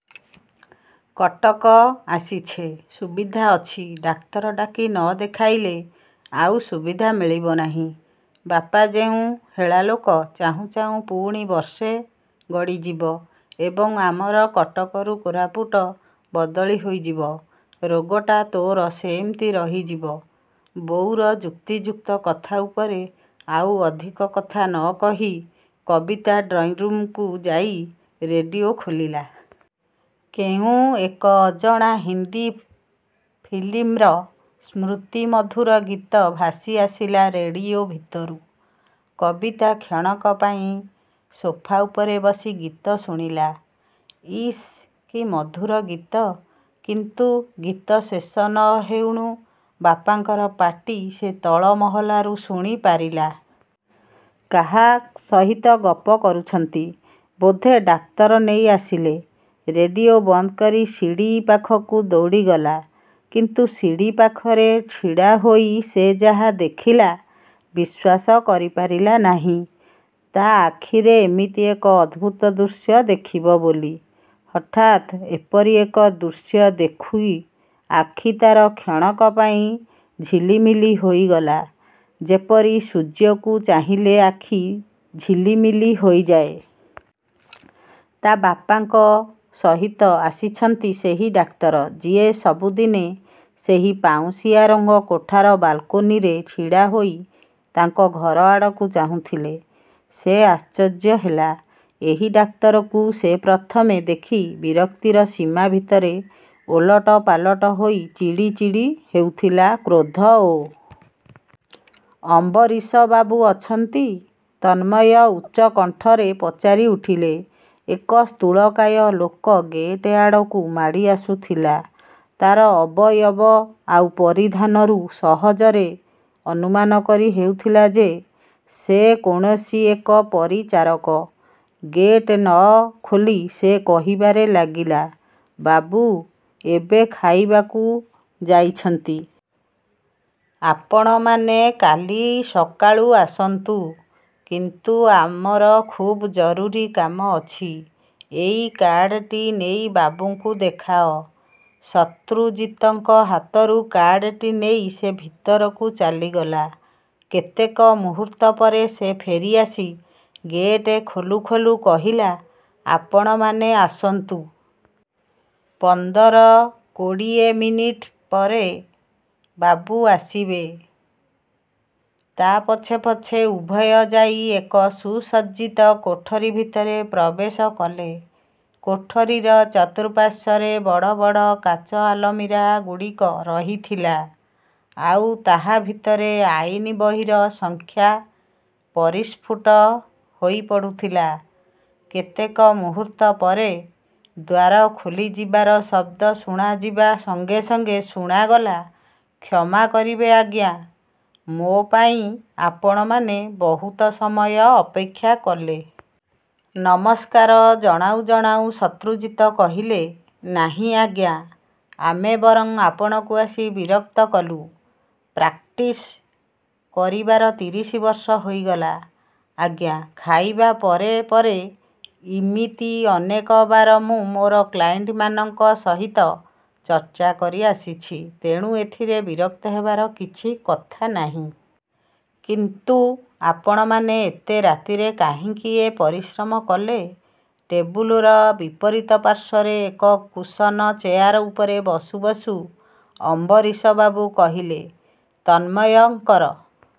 କଟକ ଆସିଛେ, ସୁବିଧା ଅଛି। ଡାକ୍ତର ଡାକି ନ ଦେଖାଇଲେ ଆଉ ସୁବିଧା ମିଳିବ ନାହିଁ। ବାପା ଯେଉଁ ହେଳା ଲୋକ, ଚାହୁଁ ଚାହୁଁ ପୁଣି ବର୍ଷେ ଗଡ଼ିଯିବ ଏବଂ ଆମର କଟକରୁ କୋରାପୁଟ ବଦଳି ହୋଇଯିବ। ରୋଗଟା ତୋର ସେମିତି ରହିଯିବ। ବୋଉର ଯୁକ୍ତିଯୁକ୍ତ କଥା ଉପରେ ଆଉ ଅଧିକ କଥା ନ କହି କବିତା ଡ୍ରଇଁରୁମ୍କୁ ଯାଇ ରେଡ଼ିଓ ଖୋଲିଲା। କେଉଁ ଏକ ଅଜଣା ହିନ୍ଦୀ ଫିଲିମ୍ର ସ୍ମୃତି ମଧୁର ଗୀତ ଭାସି ଆସିଲା ରେଡ଼ିଓ ଭିତରୁ। କବିତା କ୍ଷଣକ ପାଇଁ ସୋଫା ଉପରେ ବସି ଗୀତ ଶୁଣିଲା। ଇସ୍ କି ମଧୁର ଗୀତ। କିନ୍ତୁ ଗୀତ ଶେଷ ନ ହେଉଣୁ ବାପାଙ୍କର ପାଟି ସେ ତଳ ମହଲାରୁ ଶୁଣି ପାରିଲା। କାହା ସହିତ ଗପ କରୁଛନ୍ତି? ବୋଧେ ଡାକ୍ତର ନେଇ ଆସିଲେ। ରେଡ଼ିଓ ବନ୍ଦ କରି ସିଡ଼ି ପାଖକୁ ଦୌଡ଼ିଗଲା। କିନ୍ତୁ ସିଡ଼ି ପାଖରେ ଛିଡ଼ାହୋଇ ସେ ଯାହା ଦେଖିଲା, ବିଶ୍ୱାସ କରିପାରିଲା ନାହିଁ, ତା' ଆଖିରେ ଏମିତି ଏକ ଅଦ୍ଭୁତ ଦୃଶ୍ୟ ଦେଖିବ ବୋଲି। ହଠାତ୍ ଏପରି ଏକ ଦୃଶ୍ୟ ଦେଖି ଆଖି ତା'ର କ୍ଷଣକ ପାଇଁ ଝିଲି ମିଲି ହୋଇଗଲା, ଯେପରି ସୂର୍ଯ୍ୟକୁ ଚାହିଁଲେ ଆଖି ଝିଲି ମିଲି ହୋଇଯାଏ। ତା' ବାପାଙ୍କ ସହିତ ଆସିଛନ୍ତି ସେହି ଡାକ୍ତର, ଯିଏ ସବୁଦିନେ ସେହି ପାଉଁଶିଆ ରଙ୍ଗ କୋଠାର ବାଲକୋନିରେ ଛିଡ଼ା ହୋଇ ତାଙ୍କ ଘର ଆଡ଼କୁ ଚାହୁଁଥିଲେ। ସେ ଆଶ୍ଚର୍ଯ୍ୟ ହେଲା। ଏହି ଡାକ୍ତରକୁ ସେ ପ୍ରଥମେ ଦେଖି ବିରକ୍ତିର ସୀମା ଭିତରେ ଓଲଟ ପାଲଟ ହୋଇ ଚିଡ଼ି ଚିଡ଼ି ହେଉଥିଲା, କ୍ରୋଧ ଓ। 'ଅମ୍ବରୀଶବାବୁ ଅଛନ୍ତି? ' ତନ୍ମୟ ଉଚ୍ଚକଣ୍ଠରେ ପଚାରି ଉଠିଲେ। ଏକ ସ୍ଥୂଳକାୟ ଲୋକ ଗେଟ୍ଆଡ଼କୁ ମାଡ଼ିଆସୁଥିଲା। ତା'ର ଅବୟବ ଆଉ ପରିଧାନରୁ ସହଜରେ ଅନୁମାନ କରି ହେଉଥିଲା ଯେ ସେ କୌଣସି ଏକ ପରିଚାରକ। ଗେଟ୍ ନ ଖୋଲି ସେ କହିବାରେ ଲାଗିଲା, 'ବାବୁ ଏବେ ଖାଇବାକୁ ଯାଇଛନ୍ତି। ଆପଣମାନେ କାଲି ସକାଳୁ ଆସନ୍ତୁ। ' 'କିନ୍ତୁ ଆମର ଖୁବ୍ ଜରୁରୀ କାମ ଅଛି। ଏଇ କାର୍ଡ଼ଟି ନେଇ ବାବୁଙ୍କୁ ଦେଖାଅ। ' ଶତ୍ରୁଜିତଙ୍କ ହାତରୁ କାର୍ଡ଼ଟି ନେଇ ସେ ଭିତରକୁ ଚାଲିଗଲା। କେତେକ ମୁହୂର୍ତ୍ତ ପରେ ସେ ଫେରିଆସି ଗେଟ୍ ଖୋଲୁ ଖୋଲୁ କହିଲା, 'ଆପଣମାନେ ଆସନ୍ତୁ। ପନ୍ଦର କୋଡ଼ିଏ ମିନିଟ୍ପରେ ବାବୁ ଆସିବେ। ' ତା ପଛେ ପଛେ ଉଭୟ ଯାଇ ଏକ ସୁସଜ୍ଜିତ କୋଠରି ଭିତରେ ପ୍ରବେଶ କଲେ। କୋଠରିର ଚତୁଃପାର୍ଶ୍ୱରେ ବଡ଼ ବଡ଼ କାଚ ଆଲମିରାଗୁଡ଼ିକ ରହିଥିଲା। ଆଉ ତାହା ଭିତରେ ଆଇନ ବହିର ସଂଖ୍ୟା ପରିସ୍ଫୁଟ ହୋଇପଡ଼ୁଥିଲା। କେତେକ ମୁହୂର୍ତ୍ତ ପରେ ଦ୍ୱାର ଖୋଲିଯିବାର ଶବ୍ଦ ଶୁଣାଯିବା ସଙ୍ଗେ ସଙ୍ଗେ ଶୁଣାଗଲା, 'କ୍ଷମା କରିବେ ଆଜ୍ଞା, ମୋ ପାଇଁ ଆପଣମାନେ ବହୁତ ସମୟ ଅପେକ୍ଷା କଲେ। ' ନମସ୍କାର ଜଣାଉ ଜଣାଉ ଶତ୍ରୁଜିତ କହିଲେ, ନାହିଁ ଆଜ୍ଞା, ଆମେ ବରଂ ଆପଣଙ୍କୁ ଆସି ବିରକ୍ତ କଲୁଁ। ପ୍ରାକ୍ଟିସ କରିବାର ତିରିଶ ବର୍ଷ ହେଇଗଲା, ଆଜ୍ଞା! ଖାଇବା ପରେ ପରେ ଇମିତି ଅନେକବାର ମୁଁ ମୋର କ୍ଲାଏଣ୍ଟମାନଙ୍କ ସହିତ ଚର୍ଚ୍ଚା କରିଆସିଛି। ତେଣୁ ଏଥିରେ ବିରକ୍ତ ହେବାର କିଛି କଥା ନାହିଁ। କିନ୍ତୁ ଆପଣମାନେ ଏତେ ରାତିରେ କାହିଁକି ଏ ପରିଶ୍ରମ କଲେ? ଟେବୁଲର ବିପରୀତ ପାର୍ଶ୍ୱରେ ଏକ କୁସନ ଚେୟାର ଉପରେ ବସୁ ବସୁ ଅମ୍ବରୀଶବାବୁ କହିଲେ। ତନ୍ମୟଙ୍କର